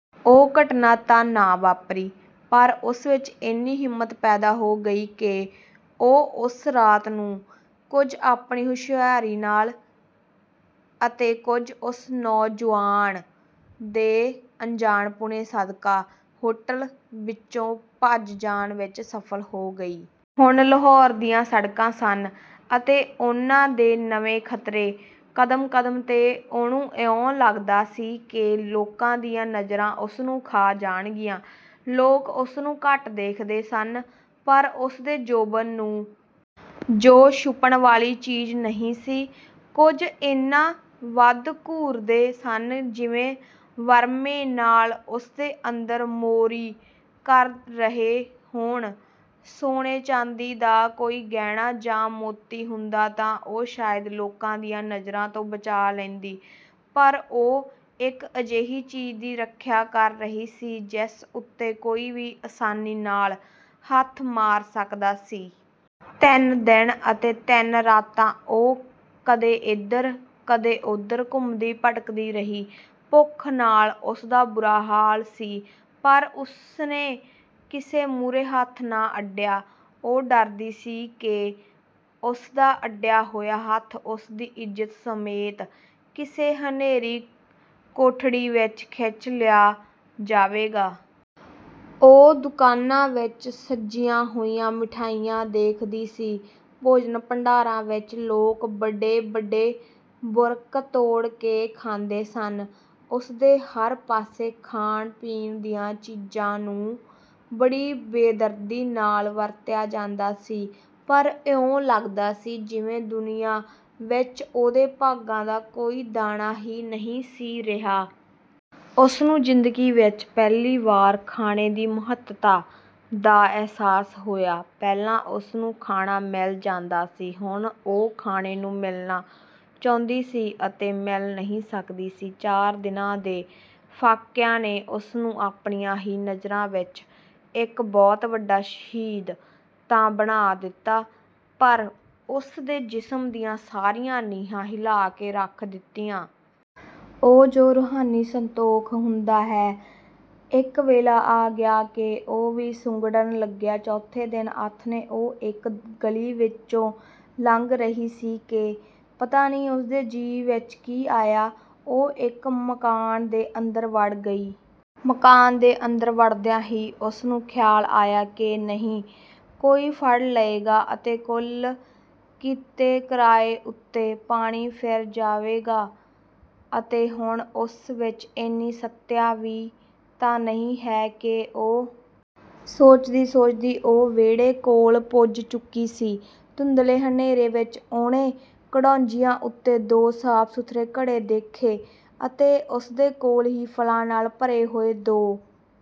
ਉਹ ਘਟਨਾ ਤਾਂ ਨਾ ਵਾਪਰੀ, ਪਰ ਉਸ ਵਿਚ ਏਨੀ ਹਿੰਮਤ ਪੈਦਾ ਹੋ ਗਈ ਕਿ ਉਹ ਉਸ ਰਾਤ ਨੂੰ, ਕੁਝ ਆਪਣੀ ਹੁਸ਼ਿਆਰੀ ਨਾਲ ਅਤੇ ਕੁਝ ਉਸ ਨੌਜੁਆਨ ਦੇ ਅਣਜਾਣਪੁਣੇ ਸਦਕਾ, ਹੋਟਲ ਵਿਚੋਂ ਭੱਜ ਜਾਣ ਵਿਚ ਸਫ਼ਲ ਹੋ ਗਈ। ਹੁਣ ਲਾਹੌਰ ਦੀਆਂ ਸੜਕਾਂ ਸਨ ਅਤੇ ਉਨ੍ਹਾਂ ਦੇ ਨਵੇਂ ਖ਼ਤਰੇ, ਕਦਮ ਕਦਮ 'ਤੇ ਉਹਨੂੰ ਇਉਂ ਲੱਗਦਾ ਸੀ ਕਿ ਲੋਕਾਂ ਦੀਆਂ ਨਜ਼ਰਾਂ ਉਸਨੂੰ ਖਾ ਜਾਣਗੀਆਂ; ਲੋਕ ਉਸਨੂੰ ਘੱਟ ਦੇਖਦੇ ਸਨ, ਪਰ ਉਸਦੇ ਜੋਬਨ ਨੂੰ, ਜੋ ਛੁਪਣ ਵਾਲੀ ਚੀਜ਼ ਨਹੀਂ ਸੀ, ਕੁਝ ਏਨਾ ਵੱਧ ਘੂਰਦੇ ਸਨ, ਜਿਵੇਂ ਵਰਮੇ ਨਾਲ ਉਸਦੇ ਅੰਦਰ ਮੋਰੀ ਕਰ ਰਹੇ ਹੋਣ; ਸੋਣੇ-ਚਾਂਦੀ ਦਾ ਕੋਈ ਗਹਿਣਾ ਜਾਂ ਮੋਤੀ ਹੁੰਦਾ ਤਾਂ ਉਹ ਸ਼ਾਇਦ ਲੋਕਾਂ ਦੀਆਂ ਨਜ਼ਰਾਂ ਤੋਂ ਬਚਾਅ ਲੈਂਦੀ, ਪਰ ਉਹ ਇਕ ਅਜਿਹੀ ਚੀਜ਼ ਦੀ ਰੱਖਿਆ ਕਰ ਰਹੀ ਸੀ, ਜਿਸ ਉਤੇ ਕੋਈ ਵੀ ਅਸਾਨੀ ਨਾਲ ਹੱਥ ਮਾਰ ਸਕਦਾ ਸੀ। ਤਿੰਨ ਦਿਨ ਅਤੇ ਤਿੰਨ ਰਾਤਾਂ ਉਹ ਕਦੇ ਏਧਰ, ਕਦੇ ਓਧਰ ਘੁੰਮਦੀ-ਭਟਕਦੀ ਰਹੀ। ਭੁੱਖ ਨਾਲ ਉਸਦਾ ਬੁਰਾ ਹਾਲ ਸੀ, ਪਰ ਉਸਨੇ ਕਿਸੇ ਮੂਹਰੇ ਹੱਥ ਨਾ ਅੱਡਿਆ। ਉਹ ਡਰਦੀ ਸੀ ਕਿ ਉਸਦਾ ਅੱਡਿਆ ਹੋਇਆ ਹੱਥ ਉਸਦੀ ਇੱਜ਼ਤ ਸਮੇਤ ਕਿਸੇ ਹਨੇਰੀ ਕੋਠੜੀ ਵਿਚ ਖਿੱਚ ਲਿਆ ਜਾਵੇਗਾ। ਉਹ ਦੁਕਾਨਾਂ ਵਿਚ ਸਜੀਆਂ ਹੋਈਆਂ ਮਿਠਾਈਆਂ ਦੇਖਦੀ ਸੀ; ਭੋਜਨ-ਭੰਡਾਰਾਂ ਵਿਚ ਲੋਕ ਬਡੇ-ਬਡੇ ਬੁਰਕ ਤੋੜ ਕੇ ਖਾਂਦੇ ਸਨ; ਉਸਦੇ ਹਰ ਪਾਸੇ ਖਾਣ-ਪੀਣ ਦੀਆਂ ਚੀਜ਼ਾਂ ਨੂੰ ਬੜੀ ਬੇਦਰਦੀ ਨਾਲ ਵਰਤਿਆ ਜਾਂਦਾ ਸੀ; ਪਰ ਇਉਂ ਲਗਦਾ ਸੀ ਜਿਵੇਂ ਦੁਨੀਆ ਵਿਚ ਉਹਦੇ ਭਾਗਾਂ ਦਾ ਕੋਈ ਦਾਣਾ ਹੀ ਨਹੀਂ ਸੀ ਰਿਹਾ। ਉਸਨੂੰ ਜ਼ਿੰਦਗੀ ਵਿਚ ਪਹਿਲੀ ਵਾਰ ਖਾਣੇ ਦੀ ਮਹੱਤਤਾ ਦਾ ਅਹਿਸਾਸ ਹੋਇਆ। ਪਹਿਲਾਂ ਉਸਨੂੰ ਖਾਣਾ ਮਿਲ ਜਾਂਦਾ ਸੀ, ਹੁਣ ਉਹ ਖਾਣੇ ਨੂੰ ਮਿਲਣਾ ਚਾਹੁੰਦੀ ਸੀ ਅਤੇ ਮਿਲ ਨਹੀਂ ਸਕਦੀ ਸੀ। ਚਾਰ ਦਿਨਾਂ ਦੇ ਫਾਕਿਆਂ ਨੇ ਉਸਨੂੰ ਆਪਣੀਆਂ ਹੀ ਨਜ਼ਰਾਂ ਵਿਚ ਇਕ ਬਹੁਤ ਵੱਡਾ ਸ਼ਹੀਦ ਤਾਂ ਬਣਾ ਦਿੱਤਾ, ਪਰ ਉਸ ਦੇ ਜਿਸਮ ਦੀਆਂ ਸਾਰੀਆਂ ਨੀਹਾਂ ਹਿਲਾਅ ਕੇ ਰੱਖ ਦਿੱਤੀਆਂ। ਉਹ ਜੋ ਰੂਹਾਨੀ ਸੰਤੋਖ ਹੁੰਦਾ ਹੈ, ਇਕ ਵੇਲਾ ਆ ਗਿਆ ਕਿ ਉਹ ਵੀ ਸੁੰਗੜਨ ਲੱਗਿਆ। ਚੌਥੇ ਦਿਨ ਆਥਣੇ ਉਹ ਇਕ ਗਲੀ ਵਿਚੋਂ ਲੰਘ ਰਹੀ ਸੀ, ਕਿ ਪਤਾ ਨਹੀਂ ਉਸਦੇ ਜੀਅ ਵਿਚ ਕੀ ਆਇਆ, ਉਹ ਇਕ ਮਕਾਨ ਦੇ ਅੰਦਰ ਵੜ ਗਈ। ਮਕਾਨ ਦੇ ਅੰਦਰ ਵੜਦਿਆਂ ਹੀ ਉਸਨੂੰ ਖ਼ਿਆਲ ਆਇਆ ਕਿ ਨਹੀਂ, ਕੋਈ ਫੜ ਲਏਗਾ ਅਤੇ ਕੁੱਲ ਕੀਤੇ ਕਰਾਏ ਉਤੇ ਪਾਣੀ ਫਿਰ ਜਾਵੇਗਾ ਅਤੇ ਹੁਣ ਉਸ ਵਿਚ ਏਨੀ ਸੱਤਿਆ ਵੀ ਤਾਂ ਨਹੀਂ ਹੈ ਕਿ ਉਹ..?? ਸੋਚਦੀ ਸੋਚਦੀ ਉਹ ਵਿਹੜੇ ਕੋਲ ਪੁੱਜ ਚੁੱਕੀ ਸੀ। ਧੁੰਦਲੇ ਹਨੇਰੇ ਵਿਚ ਉਹਨੇ ਘੜੌਂਜੀਆਂ ਉਤੇ ਦੋ ਸਾਫ਼-ਸੁਥਰੇ ਘੜੇ ਦੇਖੇ ਅਤੇ ਉਸਦੇ ਕੋਲ ਹੀ ਫਲਾਂ ਨਾਲ ਭਰੇ ਹੋਏ ਦੋ